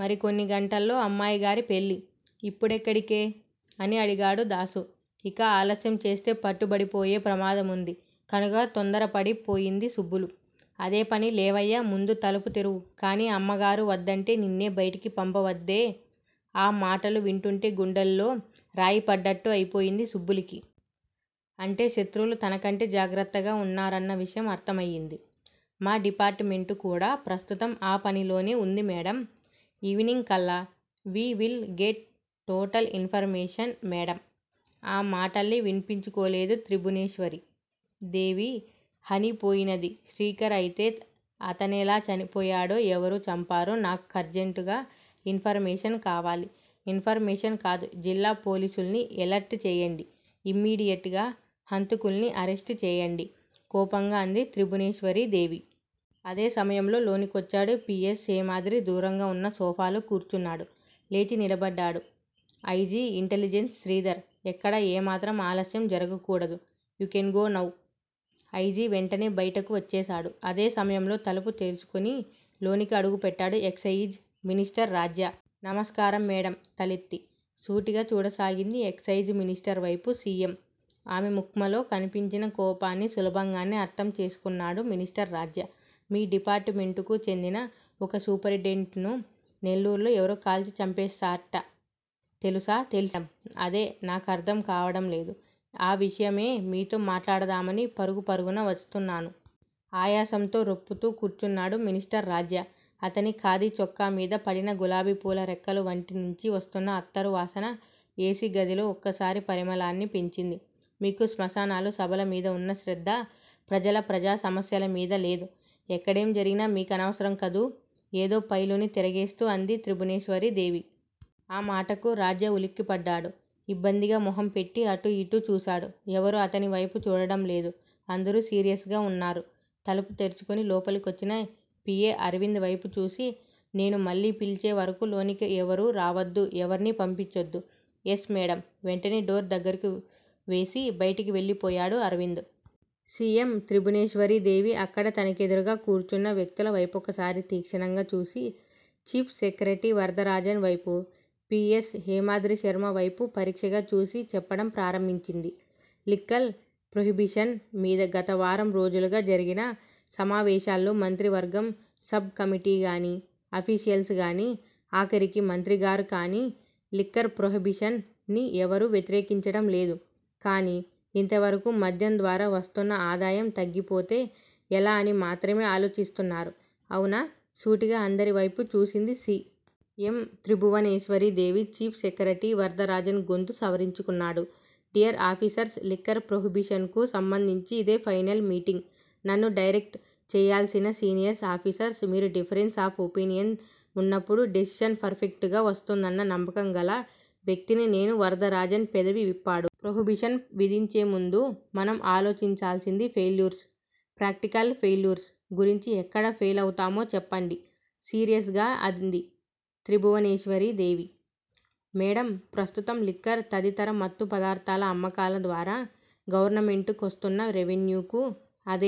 మరికొన్ని గంటల్లో అమ్మాయి గారి పెళ్ళి. ఇప్పుడెక్కడికే? అని అడిగాడు దాసు. ఇక ఆలస్యం చేస్తే పట్టుబడిపోయే ప్రమాదముంది కనుక తొందరపడి పోయింది సుబ్బులు. అదే పని లేవయ్యా ముందు తలుపు తెరువ్ కానీ అమ్మగారు వద్దందే నిన్నే బయటికి పంపవద్దందే ఆ మాటలు వింటుంటే గుండెల్లో రాయి పడ్డట్టు అయిపొయింది సుబ్బులుకి. అంటే శత్రువులు తనకంటే జాగ్రత్తగా వున్నారన్న విషయం అర్థమయింది. మా డిపార్టుమెంట్ కూడా ప్రస్తుతం ఆ పనిలోనే ఉంది మేడమ్ ఈవెనింగ్ కల్లా we will get total information madam ఆ మాటల్ని విన్పించుకోలేదు త్రిభువనేశ్వరీ దేవి హని పోయినది శ్రీకర్ అయితే అతనెలా చనిపోయాడో ఎవరు చంపారో నా కర్జంటుగా ఇన్ ఫర్ మేషన్ కావాలి ఇన్ ఫర్ మేషన్ కాదు జిల్లా పోలీసుల్ని ఎలర్టు చెయ్యండి ఇమ్మీడియట్ గా హంతకుల్ని అరెస్ట్ చెయ్యండి కోపంగా అంది త్రిభువనేశ్వరీ దేవి. అదే సమయంలో, లోనికొచ్చాడు పి. ఎస్. హేమాద్రి దూరంగా ఉన్న సోఫాలో కూర్చున్నాడు. లేచి నిలబడ్డాడు ఐ. జి. ఇంటెలిజెన్స్ శ్రీధర్. ఎక్కడా ఏమాత్రం ఆలస్యం జరగకూడదు you can go now I. G. వెంటనే బయటకు వచ్చేసాడు. అదే సమయంలో తలుపు తెరచుకుని, లోనికి అడుగుపెట్టాడు ఎక్సయిజ్ మినిస్టర్ రాజ్య. నమస్కారం మేడమ్ తలెత్తి, సూటిగా చూడసాగింది ఎక్సయిజ్ మినిస్టర్ వైపు సి. ఎం. ఆమె ముఖ్మలో కన్పించిన కోపాన్ని సులభంగానే అర్ధం చేసుకున్నాడు మినిస్టర్ రాజ్య. మీ డిపార్టుమెంటుకు చెందిన ఒక సూపరింటెండెంట్ ను నెల్లూరులో ఎవరో కాల్చి చంపేసార్ట తెలుసా తెల్సింది మేడమ్ అదే నాకర్ధం కావడం లేదు ఆ విషయమే మీతో మాట్లాడదామని, పరుగు పరుగున వస్తున్నాను. ఆయాసంతో రొప్పుతూ కూర్చున్నాడు మినిస్టర్ రాజ్య. అతని ఖాదీ చొక్కామీద పడిన గులాబీపూల రెక్కలు వంటి నుంచి వస్తున్న అత్తరు వాసన ఏసీ గదిలో ఒక్కసారి పరిమళాన్ని పెంచింది. మీకు సన్మానాలు సభల మీద వున్న శ్రద్ద- ప్రజలు ప్రజా సమస్యల మీద లేదు ఎక్కడేం జరిగినా మీకనవసరం కదూ ఏదో ఫైలుని తిరగేస్తూ అంది త్రిభువనేశ్వరీ దేవి. ఆ మాటకు రాజ్య ఉలిక్కిపడ్డాడు ఇబ్బందిగా మొహం పెట్టి అటూ యిటూ చూసాడు. ఎవరూ అతని వైపు చూడడంలేదు అందరూ సీరియస్ గా ఉన్నారు తలుపు తెరచుకొని లోనికొచ్చిన పి. ఎ. అరవింద్ వేపు చూసి- నేను మళ్ళీ పిలిచే వరకూ లోనికెవరూ రావద్దు ఎవర్నీ పంపించొద్దు ఎస్ మేడమ్ వెంటనే డోర్ దగ్గరకు వేసి, బయటికెళ్ళి పోయాడు అరవింద్. సి. ఎమ్. త్రిభువనేశ్వరీ దేవి అక్కడ తనెదురుగా కూర్చున్న వ్యక్తుల వైపొకసారి తీక్షణంగా చూసి- చీఫ్ సెక్రట్రీ వరదరాజన్ వైపు, పి. ఎస్. హేమాద్రిశర్మ వైపు పరీక్షగా చూసి చెప్పడం ప్రారంభించింది. లిక్కర్ ప్రొహిబిషన్ మీద గత వారం రోజులుగా, జరిగిన సమావేశాల్లో మంత్రివర్గం సబ్ కమిటీగాని, అఫీషియల్స్ గానీ, ఆఖరికి మంత్రిగారు కానీ, లిక్కర్ ప్రొహిబిషన్ ని ఎవరూ వ్యతిరేకించడం లేదు కానీ ఇంతవరకూ మద్యం ద్వారా వస్తున్న ఆదాయం తగ్గిపోతే ఎలా అని మాత్రమే ఆలోచిస్తున్నారు అవునా సూటిగా అందరి వైపూ చూసింది C. M. Tribhuvaneshwari Devi. Chief secretary Varadarajan గొంతు సవరించుకున్నాడు. డియర్ ఆఫీసర్స్ లిక్కర్ ప్రొహిబిషన్ కు సంబంధించి ఇదే ఫైనల్ మీటింగ్ నన్ను డైరెక్ట్ చెయ్యాల్సిన సీనియర్ ఆఫీసర్స్ మీరు డిఫరెన్స్ ఆఫ్ ఒపీనియన్ ఉన్నప్పుడు డెసిషన్ పర్ ఫెక్టుగా వస్తుందన్న నమ్మకం గల వ్యక్తిని నేను వరదరాజన్ పెదవి విప్పాడు. ప్రొహిబిషన్ విధించేముందు, మనం ఆలోచించాల్సింది ఫెయిల్యూర్స్ ప్రాక్టికల్ ఫెయిల్యూర్స్ గురించి ఎక్కడ ఫెయిలౌతామో చెప్పండి సీరియస్ గా అంది త్రిభువనేశ్వరీ దేవి. మేడమ్ ప్రస్తుతం లిక్కర్ తదితర మత్తు పదార్ధాల అమ్మకాల ద్వారా గవర్నమెంట్ కొస్తున్న రెవెన్యూకు, అదే